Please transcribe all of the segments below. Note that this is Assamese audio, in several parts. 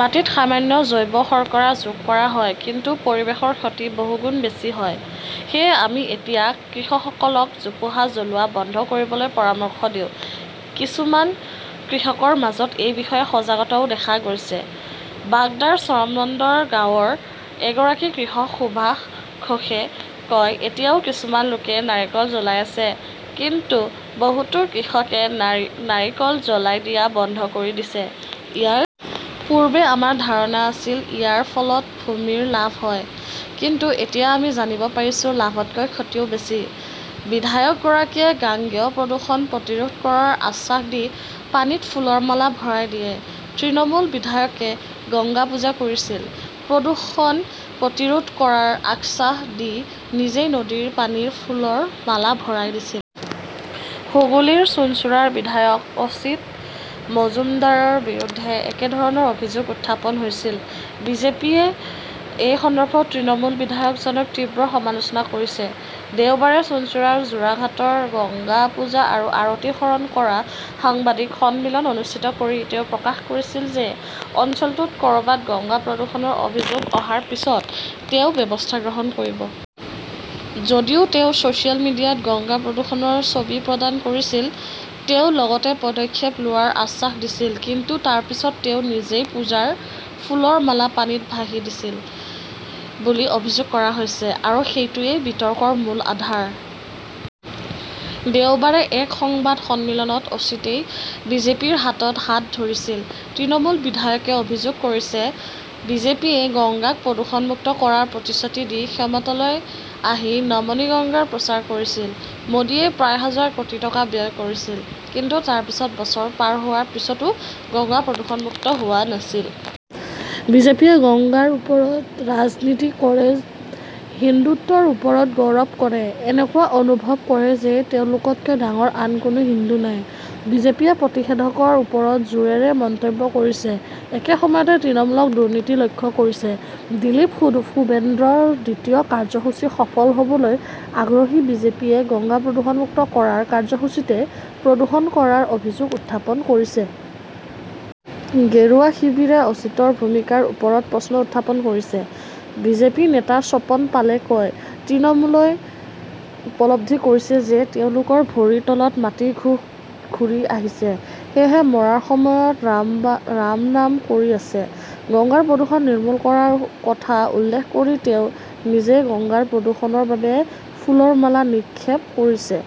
মাটিত সামান্য জৈৱ-শৰ্কৰা যোগ কৰা হয়, কিন্তু পৰিৱেশৰ ক্ষতি বহুগুণ বেছি হয়। সেয়েহে আমি এতিয়া কৃষকসকলক জোপোহা জ্বলোৱা বন্ধ কৰিবলৈ পৰামৰ্শ দিওঁ। কিছুমান কৃষকৰ মাজত এই বিষয়ে সজাগতাও দেখা গৈছে। বাগদাৰ চৰমণ্ডল গাঁৱৰ এগৰাকী কৃষক সুভাষ ঘোষে কয়, এতিয়াও কিছুমান লোকে নাৰিকল জ্বলাই আছে, কিন্তু বহুতো কৃষকে নাৰিকল জ্বলাই দিয়া বন্ধ কৰি দিছে। ইয়াৰ পূৰ্বে আমাৰ ধাৰণা আছিল, ইয়াৰ ফলত ভূমিৰ লাভ হয়। কিন্তু এতিয়া আমি জানিব পাৰিছো, লাভতকৈ ক্ষতি বেছি। বিধায়কগৰাকীয়ে গাঙ্গেয় প্ৰদূষণ প্ৰতিৰোধ কৰাৰ আশ্বাস দি পানীত ফুলৰ মালা ভৰাই দিয়ে তৃণমূল বিধায়কে গংগা পূজা কৰিছিল, প্ৰদূষণ প্ৰতিৰোধ কৰাৰ আশ্বাস দি নিজেই নদীৰ পানীত ফুলৰ মালা ভৰাই দিছিল। হুগলীৰ চুঞ্চুৰাৰ বিধায়ক অসিত মজূমদাৰৰ বিৰুদ্ধে একেধৰণৰ অভিযোগ উত্থাপন হৈছিল। বিজেপিয়ে এই সন্দৰ্ভত তৃণমূল বিধায়কজনক তীব্ৰ সমালোচনা কৰিছে। দেওবাৰে চুঞ্চুৰাৰ জোড়াঘাটত গংগা পূজা আৰু আৰতি সৰণ কৰা হয়। সাংবাদিক সন্মিলন অনুষ্ঠিত কৰি তেওঁ প্ৰকাশ কৰিছিল যে অঞ্চলটোত কৰবাত গংগা প্ৰদূষণৰ অভিযোগ অহাৰ পিছত তেওঁ ব্যৱস্থা গ্ৰহণ কৰিব। যদিও তেওঁ ছচিয়েল মিডিয়াত গংগা প্ৰদূষণৰ ছবি প্ৰদান কৰিছিল, তেওঁ লগতে পদক্ষেপ লোৱাৰ আশ্বাস দিছিল। কিন্তু তাৰ পিছত তেওঁ নিজেই পূজাৰ ফুলৰ মালা পানীত ভাহি দিছিল বুলি অভিযোগ কৰা হৈছে। আৰু সেইটোৱেই বিতৰ্কৰ মূল আধাৰ। দেওবাৰে এক সংবাদ সন্মিলনত অসিতই বিজেপিৰ হাতত হাত ধৰিছিল। তৃণমূল বিধায়কে অভিযোগ কৰিছে, বিজেপিয়ে গংগাক প্ৰদূষণমুক্ত কৰাৰ প্ৰতিশ্ৰুতি দি ক্ষমতালৈ আহি 'নমমী গংগাৰ প্ৰচাৰ কৰিছিল। মোদীয়ে প্ৰায় হাজাৰ কোটি টকা ব্যয় কৰিছিল। কিন্তু তাৰ পিছত বছৰ পাৰ হোৱাৰ পিছতো গংগা প্ৰদূষণমুক্ত হোৱা নাছিল। বিজেপিয়ে গংগাৰ ওপৰত ৰাজনীতি কৰে, হিন্দুত্বৰ ওপৰত গৌৰৱ কৰে। এনেকুৱা অনুভৱ কৰে যে তেওঁলোকতকৈ ডাঙৰ আন কোনো হিন্দু নাই। বিজেপিয়ে প্ৰতিষেধকৰ ওপৰত জোৰেৰে মন্তব্য কৰিছে, একে সময়তে তৃণমূলক 'দুৰ্নীতি লক্ষ্য কৰিছেঃ দিলীপ-শুভেন্দ্ৰৰ দ্বিতীয় কাৰ্যসূচী সফল হবলৈ আগ্ৰহী বিজেপিয়ে গংগা প্ৰদূষণমুক্ত কৰাৰ কাৰ্যসূচীতে প্ৰদূষণ কৰাৰ অভিযোগ উত্থাপন কৰিছে? গেৰুৱা শিবিৰে অসিতৰ ভূমিকাৰ ওপৰত প্ৰশ্ন উত্থাপন কৰিছে। বিজেপি নেতা স্বপন পালে কয়, তৃণমূলই উপলব্ধি কৰিছে যে তেওঁলোকৰ ভৰিৰ তলত মাটি ঘূৰি আহিছে। সেয়েহে মৰাৰ সময়ত ৰামনাম কৰি আছে। গংগাৰ প্ৰদূষণ নিৰ্মূল কৰাৰ কথা উল্লেখ কৰি তেওঁ নিজেই গংগাৰ প্ৰদূষণৰ বাবে ফুলৰ মালা নিক্ষেপ কৰিছে।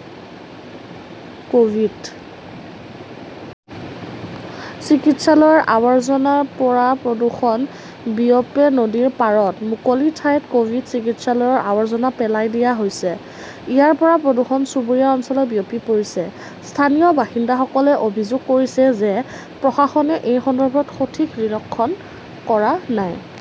কভিড চিকিৎসালয়ৰ আৱৰ্জনাৰ পৰা প্ৰদূষণ বিয়পে নদীৰ পাৰত মুকলি ঠাইত কভিড চিকিৎসালয়ৰ আৱৰ্জনা পেলাই দিয়া হৈছে। ইয়াৰ পৰা প্ৰদূষণ চুবুৰীয়া অঞ্চললৈ বিয়পি পৰিছে। স্থানীয় বাসিন্দাসকলে অভিযোগ কৰিছে যে প্ৰশাসনে এই সন্দৰ্ভত সঠিক নিৰীক্ষণ কৰা নাই।